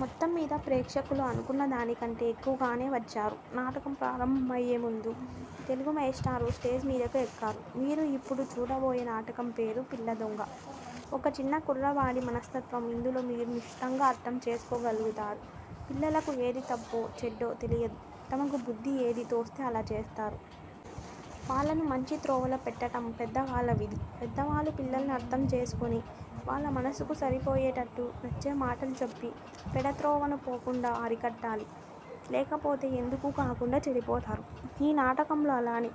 మొత్తంమీద ప్రేక్షకులు అనుకున్నదానికంటే ఎక్కువగానే వచ్చారు. నాటకం ప్రారంభమయ్యేముందు తెలుగుమేష్టారు స్టేజిమీదకు ఎక్కారు. మీరు యిప్పుడు చూడబోయే నాటకంపేరు పిల్లదొంగ. ఒక చిన్న కుర్రవాడి మనస్తత్వం యిందులో మీరు నిశితంగా అర్ధం చేసుకోగల్గుతారు. పిల్లలకు ఏది తప్పో, చెడ్డో తెలియదు. తమకుబుద్ది ఏది తోస్తే అలా చేస్తారు. వాళ్ళని మంచి త్రోవలో పెట్టటం పెద్దవాళ్ళ విధి. పెద్దవాళ్ళు పిల్లల్ని అర్ధం చేసుకొని వాళ్ళమనస్సుకు సరిపోయేటట్లు నచ్చేమాటలు చెప్పి పెడత్రోవను పోకుండా అరికట్టాలి. లేకపోతే ఎందుకూ కాకుండా చెడిపోతారు. ఈ నాటకంలో అలానే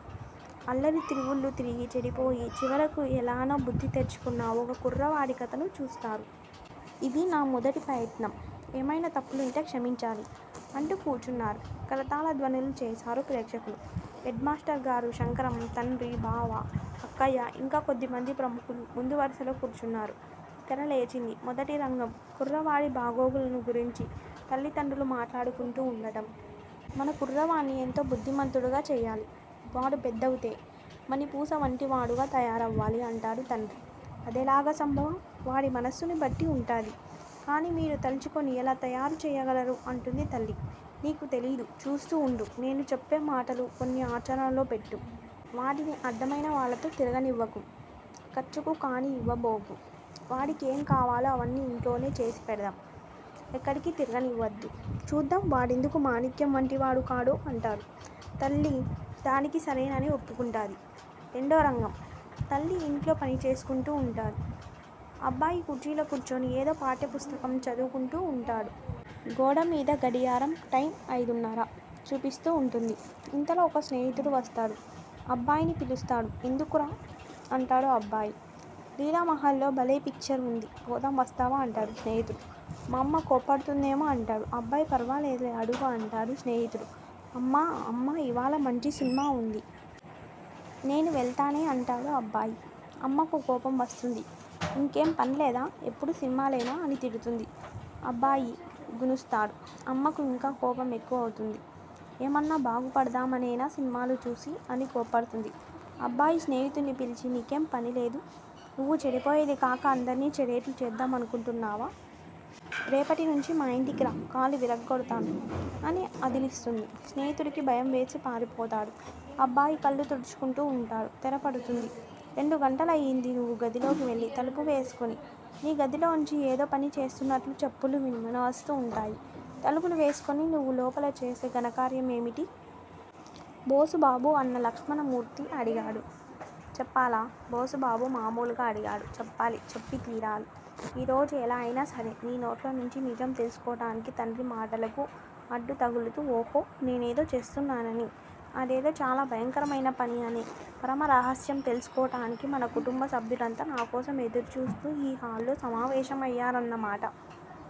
అల్లరి తిరుగుళ్ళు తిరిగి చెడిపోయి చివరకు ఎలానో బుద్దితెచ్చుకున్న ఒక కుర్రవాడి కథను చూస్తారు. ఇది నా మొదటి ప్రయత్నం ఏమైనా తప్పులుంటే క్షమించాలి అంటూ కూచున్నారు. కరతాళధ్వనులు చేశారు ప్రేక్షకులు. హెడ్ మాస్టర్ గారు, శంకరం తండ్రి, బావ, అక్కయ్య ఇంకా కొద్దిమంది ప్రముఖులు ముందువరుసలో కూర్చున్నారు తెర లేచింది. మొదటి రంగం: కుర్రవాడి బాగోగులను గురించి తల్లిదండ్రులు మాట్లాడుకుంటూ వుండటం. మన కుర్రవాన్ని ఎంతో బుద్దిమంతుడుగా చెయ్యాలి. వాడు పెద్దవుతే మణిపూసవంటివాడుగా తయారవ్వాలి అంటాడు తండ్రి. అదెలాగ సంభవం? వాడి మనస్సుని బట్టి వుంటాది కాని మీరు తలుచుకుని ఎలా తయారు చెయ్యగలరు? అంటుంది తల్లి. నీకు తెలీదు చూస్తూ వుండు. నేను చెప్పేమాటలు కొన్ని ఆచరణలోపెట్టు. వాడిని అడ్డమయినవాళ్ళతో తిరగనివ్వకు. ఖర్చుకి కాణీ యివ్వబోకు. వాడికి ఏంకావాలో అవన్నీ యింట్లోనే చేసిపెడదాం. ఎక్కడికీ తిరగనివ్వద్దు. చూద్దాం వాడెందుకు మాణిక్యం వంటివాడు కాడో! అంటాడు. తల్లి దానికి సరేనని ఒప్పుకుంటాది. రెండో రంగం: తల్లి యింట్లో పనిచేసుకుంటూ వుంటాది. అబ్బాయి కుర్చీలో కూర్చుని ఏదో పాఠ్యపుస్తకం చదువుకుంటూ వుంటాడు. గోడమీద గడియారం టైం అయిదున్నర చూపిస్తూ వుంటుంది. ఇంతలో ఒక స్నేహితుడు వస్తాడు. అబ్బాయిని పిలుస్తాడు. ఎందుకురా? అంటాడు అబ్బాయి. లీలామహల్లో బలే పిక్చర్ వుంది పోదాం వస్తావా? అంటాడు స్నేహితుడు. మా అమ్మ కోప్పడుతుందేమో అంటాడు. అబ్బాయి ఫర్వాలేదులే అడుగు అంటాడు స్నేహితుడు అమ్మా అమ్మా ఇవాళ మంచి సినిమా వుంది. నేను వెళ్తానే అంటాడు అబ్బాయి. అమ్మకు కోపం వస్తుంది. ఇంకేం పన్లేదా? ఎప్పుడూ సినిమాలేనా? అని తిడుతుంది. అబ్బాయి గునుస్తాడు. అమ్మకు యింకా కోపం ఎక్కువవుతుంది. ఏమన్నా బాగుపడదామనేనా సినిమాలు చూసి? అని కోప్పడుతుంది. అబ్బాయి స్నేహితున్ని పిలిచి నీకేం పనిలేదూ? నువ్వు చెడిపోయేది కాక అందర్నీ చెడేట్లు చేద్దామనుకుంటున్నావా? రేపటినుంచి మా యింటికిరా, కాళ్ళు విరగ్గొడతాను అని అదిలిస్తుంది. స్నేహితుడికి భయంవేసి పారిపోతాడు. అబ్బాయి కళ్ళు తుడుచుకుంటూ వుంటాడు. తెర పడుతుంది. రెండు గంటలయ్యింది నువ్వు గదిలోకి వెళ్ళి తలుపు వేసుకుని. నీ గదిలోంచి ఏదో పని చేస్తున్నట్లు చప్పుళ్లు వినవస్తూ వుంటాయి. తలుపులు వేసుకుని నువ్వు లోపల చేసే ఘనకార్యం ఏమిటి? బోసుబాబు అన్న లక్ష్మణమూర్తి అడిగాడు. చెప్పాలా? బోసుబాబు మామూలుగా అడిగాడు. చెప్పాలి! చెప్పి తీరాలి. ఈరోజు ఎలా అయినా సరే నీ నోట్లోనుంచి నిజం తెలుసుకోటానికి తండ్రి మాటలకు అడ్డుతగులుతూ ఓహో! నేనేదో చేస్తున్నానని అదేదో చాలా భయంకరమైన పని అని ఆ పరమరహస్యం తెలుసుకోటానికి మన కుటుంబ సభ్యులంతా నాకోసం ఎదురు చూస్తూ ఈ హాల్ లో సమావేశం అయ్యారన్నమాట!